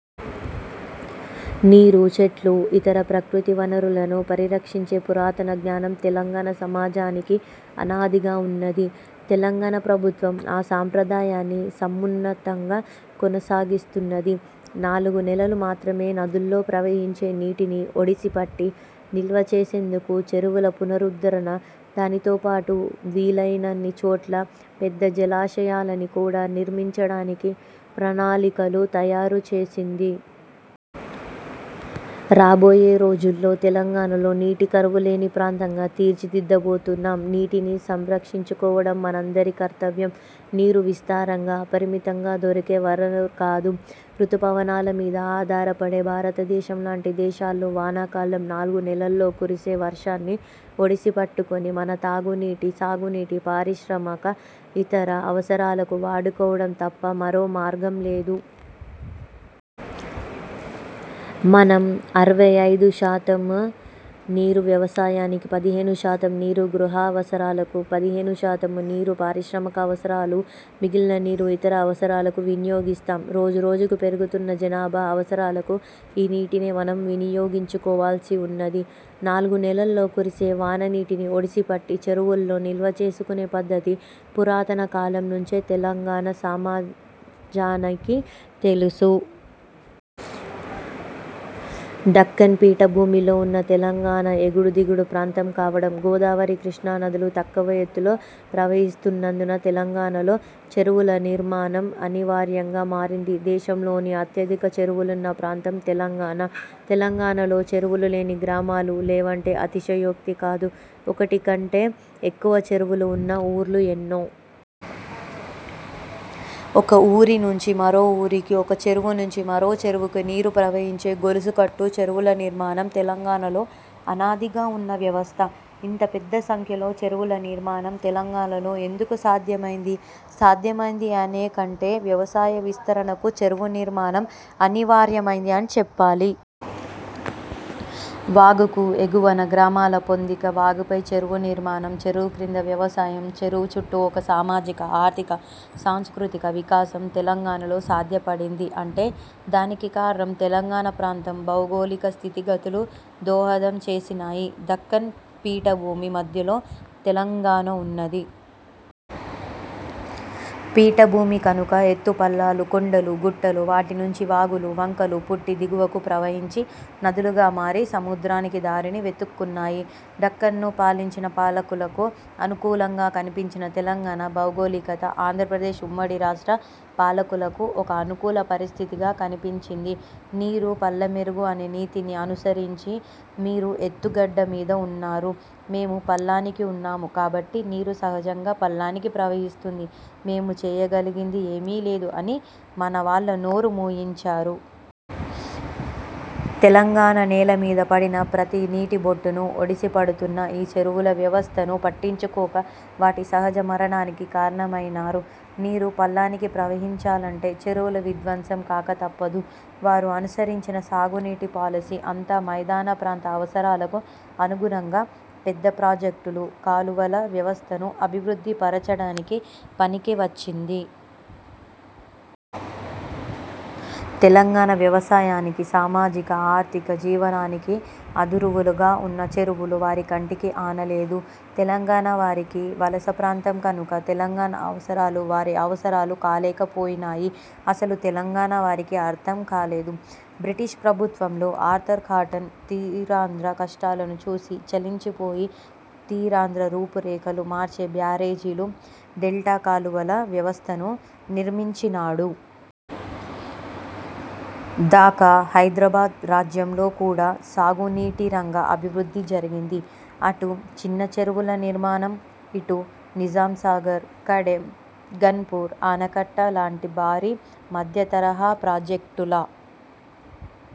నీరు, చెట్లు, ఇతర ప్రకృతి వనరులను పరిరక్షించే పురాతన జ్ఞానం తెలంగాణ సమాజనికి అనాదిగా ఉన్నది. తెలంగాణ ప్రభుత్వం ఆ సాంప్రదాయాన్ని సమున్నతంగా కొనసాగిస్తున్నది. నాలుగు నెలలు మాత్రమే నదుల్లో ప్రవహించే నీటిని ఒడిసిపట్టి నిల్వ చేసేందుకు చెరువుల పునరుద్ధరణ, దానితోపాటు వీలయినన్ని చోట్ల పెద్ద జలాశయాలని కూడా నిర్మించడానికి ప్రణాళికలు తయారు చేసింది. రాబోయే రోజుల్లో తెలంగాణలో నీటి కరువు లేని ప్రాంతంగా తీర్చిదిద్దబోతున్నాం. నీటిని సంరక్షించుకోవడం మనందరి కర్తవ్యం. నీరు విస్తారంగా, అపరిమితంగా దొరికే వనరు కాదు. ఋతుపవనాల మీద ఆధారపడే భారత దేశం లాంటి దేశాల్లో వానాకాలం నాలుగు నెలల్లో కురిసే వర్షాన్ని ఒడిసిపట్టుకొని మన తాగు నీటి, సాగునీటి, పారిశ్రామిక, ఇతర అవసరాలకు వాడుకోవడం తప్ప మరో మార్గం లేదు. మనం అరవై ఐదు శాతం నీరు వ్యవసాయానికి, పదిహేను శాతం నీరు గృహావసరాలకు, పదిహేను శాతం నీరు పారిశ్రామిక అవసరాలు, మిగిలిన నీరు ఇతర అవసరాలకు వినియోగిస్తాం. రోజు రోజుకు పెరుగుతున్న జనాభా అవసరాలకు ఈ నీటినే మనం వినియోగించుకోవాల్సి ఉన్నది. నాలుగు నెలల్లో కురిసే వాన నీటిని ఒడిసి పట్టి చెరువుల్లో నిల్వ చేసుకునే పద్ధతి పురాతన కాలం నుంచే తెలంగాణ సమాజానికి తెలుసు. దక్కన్ పీఠభూమిలో ఉన్న తెలంగాణ ఎగుడు దిగుడు ప్రాంతం కావడం, గోదావరి కృష్ణా నదులు తక్కువ ఎత్తులో ప్రవహిస్తున్నందున తెలంగాణలో చెరువుల నిర్మాణం అనివార్యంగా మారింది. దేశంలోనే అత్యధిక చెరువులున్న ప్రాంతం తెలంగాణ. తెలంగాణలో చెరువులు లేని గ్రామాలు లేవంటే అతిశయోక్తి కాదు. ఒకటి కంటె ఎక్కువ చెరువులు ఉన్న ఊర్లు ఎన్నో. ఒక ఊరి నుంచి మరో ఊరికి, ఒక చెరువు నుంచి మరో చెరువుకి నీరు ప్రవహించే గొలుసుకట్టు చెరువుల నిర్మాణం తెలంగాణలో అనాదిగా ఉన్న వ్యవస్థ. ఇంత పెద్ద సంఖ్యలో చెరువుల నిర్మాణం తెలంగాణలో ఎందుకు సాధ్యమైంది? సాధ్యమైంది అనే కంటే వ్యవసాయ విస్తరణకు చెరువు నిర్మాణం అనివార్యమైంది అని చెప్పాలి. వాగుకు ఎగువన గ్రామాల పొందిక, వాగుపై చెరువు నిర్మాణం, చెరువు కింద వ్యవసాయం, చెరువు చుట్టూ ఒక సామాజిక, ఆర్థిక, సాంస్కృతిక వికాసం తెలంగాణలో సాధ్యపడింది అంటే దానికి కారణం తెలంగాణ ప్రాంతం భౌగోళిక స్థితిగతులు దోహదం చేసినాయి. దక్కన్ పీఠభూమి మధ్యలో తెలంగాణ ఉన్నది. పీఠభూమి కనుక ఎత్తుపల్లాలు, కొండలు, గుట్టలు, వాటి నుంచి వాగులు, వంకలు పుట్టి దిగువకు ప్రవహించి, నదులుగా మారి సముద్రానికి దారిని వెతుక్కున్నాయి. దక్కన్ను పాలించిన పాలకులకు అనుకూలంగా కనిపించిన తెలంగాణ భౌగోళికత ఆంధ్రప్రదేశ్ ఉమ్మడి రాష్ట్ర పాలకులకు ఒక అనుకూల పరిస్థితిగా కనిపించింది. నీరు పల్లమెరుగు అనే నీతిని అనుసరించి మీరు ఎత్తు గడ్డ మీద ఉన్నారు, మేము పల్లానికి ఉన్నాము కాబట్టి నీరు సహజంగా పల్లానికి ప్రవహిస్తుంది, మేము చేయగలిగింది ఏమీ లేదు అని మన వాళ్ళ నోళ్ళు మూయించినారు. తెలంగాణ నేల మీద పడిన ప్రతి నీటిబొట్టును ఒడిసి పడుతున్న ఈ చెరువుల వ్యవస్థను పట్టించుకోక వాటి సహజ మరణానికి కారణమయినారు. నీరు పల్లానికి ప్రవహించాలంటే చెరువులు విధ్వంసం కాక తప్పదు. వారు అనుసరించిన సాగునీటి పాలసీ అంతా మైదాన ప్రాంత అవసరాలకు అనుగుణంగా పెద్ద ప్రాజెక్టులు, కాలువల వ్యవస్థను అభివృద్ధి పరచడానికి పనికి వచ్చింది. తెలంగాణ వ్యవసాయానికి, సామాజిక, ఆర్థిక జీవనానికి అధరువులుగా ఉన్న చెరువులు వారి కంటికి ఆనలేదు. తెలంగాణ వారికి వలస ప్రాంతం కనుక తెలంగాణ అవసరాలు వారి అవసరాలు కాలేకపోయినాయి. అసలు తెలంగాణ వారికి అర్థం కాలేదు. బ్రిటిష్ ప్రభుత్వంలో ఆర్థర్ కాటన్ తీరాంధ్ర కష్టాలను చూసి చలించి పోయి తీరాంధ్ర రూపురేఖలు మార్చే బ్యారేజీలు, డెల్టా కాలువల వ్యవస్థను నిర్మించినాడు. దాకా హైదరాబాద్ రాజ్యంలో కూడా సాగునీటిరంగ అభివృద్ధి జరిగింది. అటు చిన్న చెరువుల నిర్మాణం, ఇటు నిజాంసాగర్, కడెం, ఘన్పూర్ ఆనకట్ట లాంటి భారీ, మధ్యతరహా ప్రాజెక్టుల